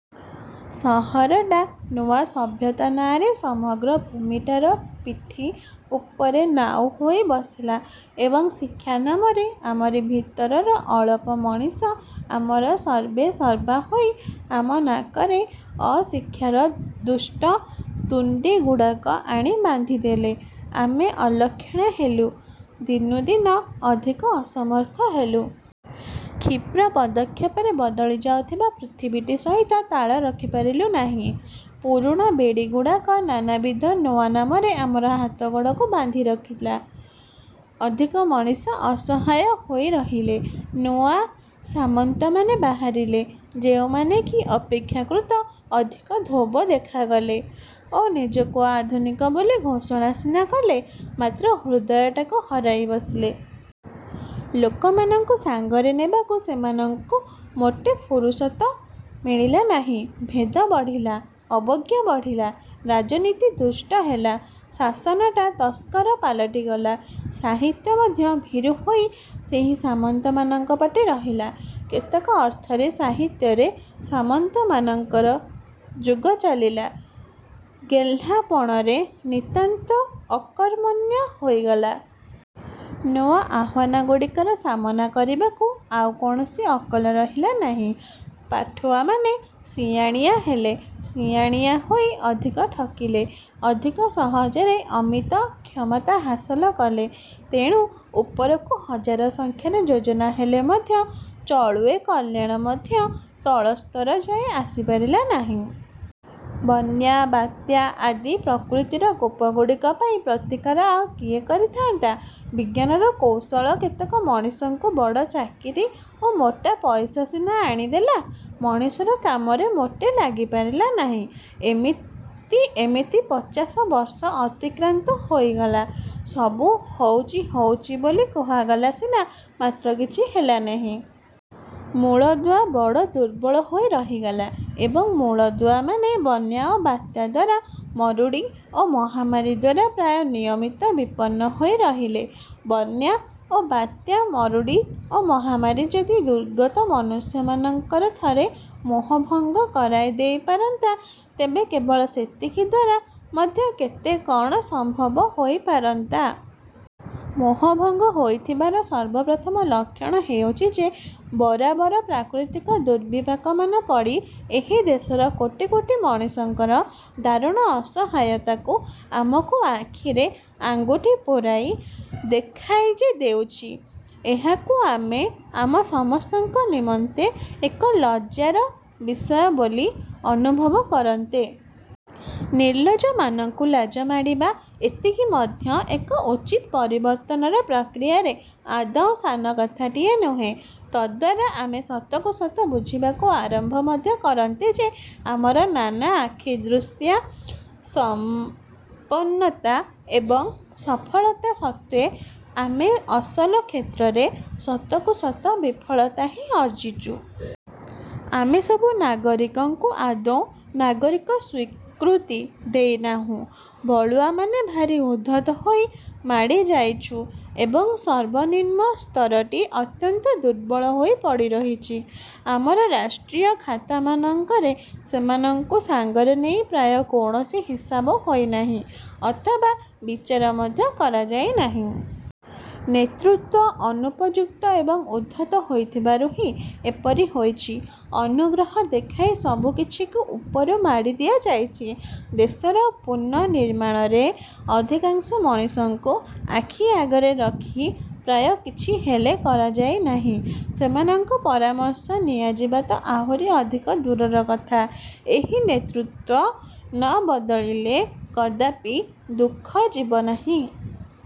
ସହରଟା ନୂଆ ସଭ୍ୟତା ନାଆଁରେ ସମଗ୍ର ଭୂମିଟାର ପିଠି ଉପରେ ନାଉ ହୋଇ ବସିଲା ଏବଂ ଶିକ୍ଷା ନାମରେ ଆମରି ଭିତରର ଅଳପ ମଣିଷ ଆମର ସର୍ବେସର୍ବା ହୋଇ ଆମ ନାକରେ ଅଶିକ୍ଷାର ଦୁଷ୍ଟ ତୁଣ୍ଡିଗୁଡ଼ାକୁ ଆଣି ବାନ୍ଧିଦେଲେ। ଆମେ ଅଲକ୍ଷଣା ହେଲୁ, ଦିନୁଦିନ ଅଧିକ ଅସମର୍ଥ ହେଲୁ। କ୍ଷିପ୍ର ପଦକ୍ଷେପରେ ବଦଳି ଯାଉଥିବା ପୃଥିବୀଟି ସହିତ ତାଳ ରଖିପାରିଲୁ ନାହିଁ। ପୁରୁଣା ବେଡ଼ିଗୁଡ଼ାକ ନାନାବିଧ ନୂଆ ନାମରେ ଆମର ହାତଗୋଡ଼କୁ ବାନ୍ଧି ରଖିଲା। ଅଧିକ ମଣିଷ ଅସହାୟ ହୋଇରହିଲେ। ନୂଆ ସାମନ୍ତମାନେ ବାହାରିଲେ, ଯେଉଁମାନେ କି ଅପେକ୍ଷାକୃତ ଅଧିକ ଧୋବ ଦେଖାଗଲେ ଓ ନିଜକୁ ଆଧୁନିକ ବୋଲି ଘୋଷଣା ସିନା କଲେ, ମାତ୍ର ହୃଦୟଟାକୁ ହରାଇ ବସିଲେ। ଲୋକମାନଙ୍କୁ ସାଙ୍ଗରେ ନେବାକୁ ସେମାନଙ୍କୁ ମୋଟେ ଫୁରୁସତ ମିଳିଲା ନାହିଁ। ଭେଦ ବଢ଼ିଲା, ଅବଜ୍ଞା ବଢ଼ିଲା, ରାଜନୀତି ଦୁଷ୍ଟ ହେଲା, ଶାସନଟା ତସ୍କର ପାଲଟିଗଲା। ସାହିତ୍ୟ ମଧ୍ୟ ଭୀରୁ ହୋଇ ସେଇ ସାମନ୍ତମାନଙ୍କ ପଟେ ରହିଲା। କେତେକ ଅର୍ଥରେ ସାହିତ୍ୟରେ ସାମନ୍ତମାନଙ୍କର ଯୁଗ ଚାଲିଲା, ଗେହ୍ଲାପଣରେ ନିତାନ୍ତ ଅକର୍ମଣ୍ୟ ହୋଇଗଲା। ନୂଆ ଆହ୍ୱାନଗୁଡ଼ିକର ସାମନା କରିବାକୁ ଆଉ କୌଣସି ଅକଲ ରହିଲା ନାହିଁ। ପାଠୁଆମାନେ ସିଆଣିଆ ହେଲେ, ସିଆଣିଆ ହୋଇ ଅଧିକ ଠକିଲେ, ଅଧିକ ସହଜରେ ଅମିତ କ୍ଷମତା ହାସଲ କଲେ। ତେଣୁ, ଉପରକୁ ହଜାର ସଂଖ୍ୟାରେ ଯୋଜନା ହେଲେ ମଧ୍ୟ ଚଳୁଏ କଲ୍ୟାଣ ମଧ୍ୟ ତଳସ୍ତର ଯାଏ ଆସିପାରିଲା ନାହିଁ। ବନ୍ୟା, ବାତ୍ୟା ଆଦି ପ୍ରକୃତିର କୋପଗୁଡ଼ିକ ପାଇଁ ପ୍ରତିକାର ଆଉ କିଏ କରିଥାନ୍ତା? ବିଜ୍ଞାନର କୌଶଳ କେତେକ ମଣିଷଙ୍କୁ ବଡ଼ ଚାକିରି ଓ ମୋଟା ପଇସା ସିନା ଆଣିଦେଲା, ମଣିଷର କାମରେ ମୋଟେ ଲାଗିପାରିଲା ନାହିଁ। ଏମିତି ଏମିତି ପଚାଶ ବର୍ଷ ଅତିକ୍ରାନ୍ତ ହୋଇଗଲା। ସବୁ ହଉଚି ହଉଚି ବୋଲି କୁହାଗଲା ସିନା, ମାତ୍ର କିଛି ହେଲାନାହିଁ। ମୂଳଦୁଆ ବଡ଼ ଦୁର୍ବଳ ହୋଇ ରହିଗଲା। ଏବଂ, ମୂଳଦୁଆମାନେ ବନ୍ୟା ଓ ବାତ୍ୟା ଦ୍ୱାରା, ମରୁଡ଼ି ଓ ମହାମାରୀ ଦ୍ୱାରା ପ୍ରାୟ ନିୟମିତ ବିପନ୍ନ ହୋଇ ରହିଲେ। ବନ୍ୟା ଓ ବାତ୍ୟା, ମରୁଡ଼ି ଓ ମହାମାରୀ ଯଦି ଦୁର୍ଗତ ମନୁଷ୍ୟମାନଙ୍କର ଥରେ ମୋହଭଙ୍ଗ କରାଇ ଦେଇପାରନ୍ତା, ତେବେ କେବଳ ସେତିକି ଦ୍ଵାରା ମଧ୍ୟ କେତେ କ'ଣ ସମ୍ଭବ ହୋଇପାରନ୍ତା। ମୋହଭଙ୍ଗ ହୋଇଥିବାର ସର୍ବପ୍ରଥମ ଲକ୍ଷଣ ହେଉଛି ଯେ ବରାବର ପ୍ରାକୃତିକ ଦୁର୍ବିପାକମାନ ପଡ଼ି ଏହି ଦେଶର କୋଟି କୋଟି ମଣିଷଙ୍କର ଦାରୁଣ ଅସହାୟତାକୁ ଆମକୁ ଆଖିରେ ଆଙ୍ଗୁଠି ପୂରାଇ ଦେଖାଇ ଯେ ଦେଉଛି, ଏହାକୁ ଆମେ ଆମ ସମସ୍ତଙ୍କ ନିମନ୍ତେ ଏକ ଲଜ୍ଜାର ବିଷୟ ବୋଲି ଅନୁଭବ କରନ୍ତେ। ନିର୍ଲଜ୍ଜମାନଙ୍କୁ ଲାଜ ମାଡ଼ିବା, ଏତିକି ମଧ୍ୟ ଏକ ଉଚିତ ପରିବର୍ତ୍ତନର ପ୍ରକ୍ରିୟାରେ ଆଦୌ ସାନକଥାଟିଏ ନୁହେଁ। ତଦ୍ଦ୍ୱାରା ଆମେ ସତକୁ ସତ ବୁଝିବାକୁ ଆରମ୍ଭ ମଧ୍ୟ କରନ୍ତେ ଯେ ଆମର ନାନା ଆଖିଦୃଶିଆ ସମ୍ପନ୍ନତା ଏବଂ ସଫଳତା ସତ୍ତ୍ୱେ ଆମେ ଅସଲ କ୍ଷେତ୍ରରେ ସତକୁ ସତ ବିଫଳତା ହିଁ ଅର୍ଜିଛୁ। ଆମେ ସବୁ ନାଗରିକଙ୍କୁ ଆଦୌ ନାଗରିକ ସ୍ୱୀକୃତି ଦେଇନାହୁଁ। ବଳୁଆମାନେ ଭାରି ଉଦ୍ଧତ ହୋଇ ମାଡ଼ିଯାଇଛୁ ଏବଂ ସର୍ବନିମ୍ନ ସ୍ତରଟି ଅତ୍ୟନ୍ତ ଦୁର୍ବଳ ହୋଇ ପଡ଼ିରହିଛି। ଆମର ରାଷ୍ଟ୍ରୀୟ ଖାତାମାନଙ୍କରେ ସେମାନଙ୍କୁ ସାଙ୍ଗରେ ନେଇ ପ୍ରାୟ କୌଣସି ହିସାବ ହୋଇନାହିଁ ଅଥବା ବିଚାର ମଧ୍ୟ କରାଯାଇନାହିଁ। ନେତୃତ୍ୱ ଅନୁପଯୁକ୍ତ ଏବଂ ଉଦ୍ଧତ ହୋଇଥିବାରୁ ହିଁ ଏପରି ହୋଇଛି। ଅନୁଗ୍ରହ ଦେଖାଇ ସବୁ କିଛିକୁ ଉପରୁ ମାଡ଼ିଦିଆଯାଇଛି। ଦେଶର ପୁନନିର୍ମାଣରେ ଅଧିକାଂଶ ମଣିଷଙ୍କୁ ଆଖି ଆଗରେ ରଖି ପ୍ରାୟ କିଛି ହେଲେ କରାଯାଇନାହିଁ। ସେମାନଙ୍କ ପରାମର୍ଶ ନିଆଯିବା ତ ଆହୁରି ଅଧିକ ଦୂରର କଥା। ଏହି ନେତୃତ୍ୱ ନବଦଳିଲେ କଦାପି ଦୁଃଖ ଯିବନାହିଁ।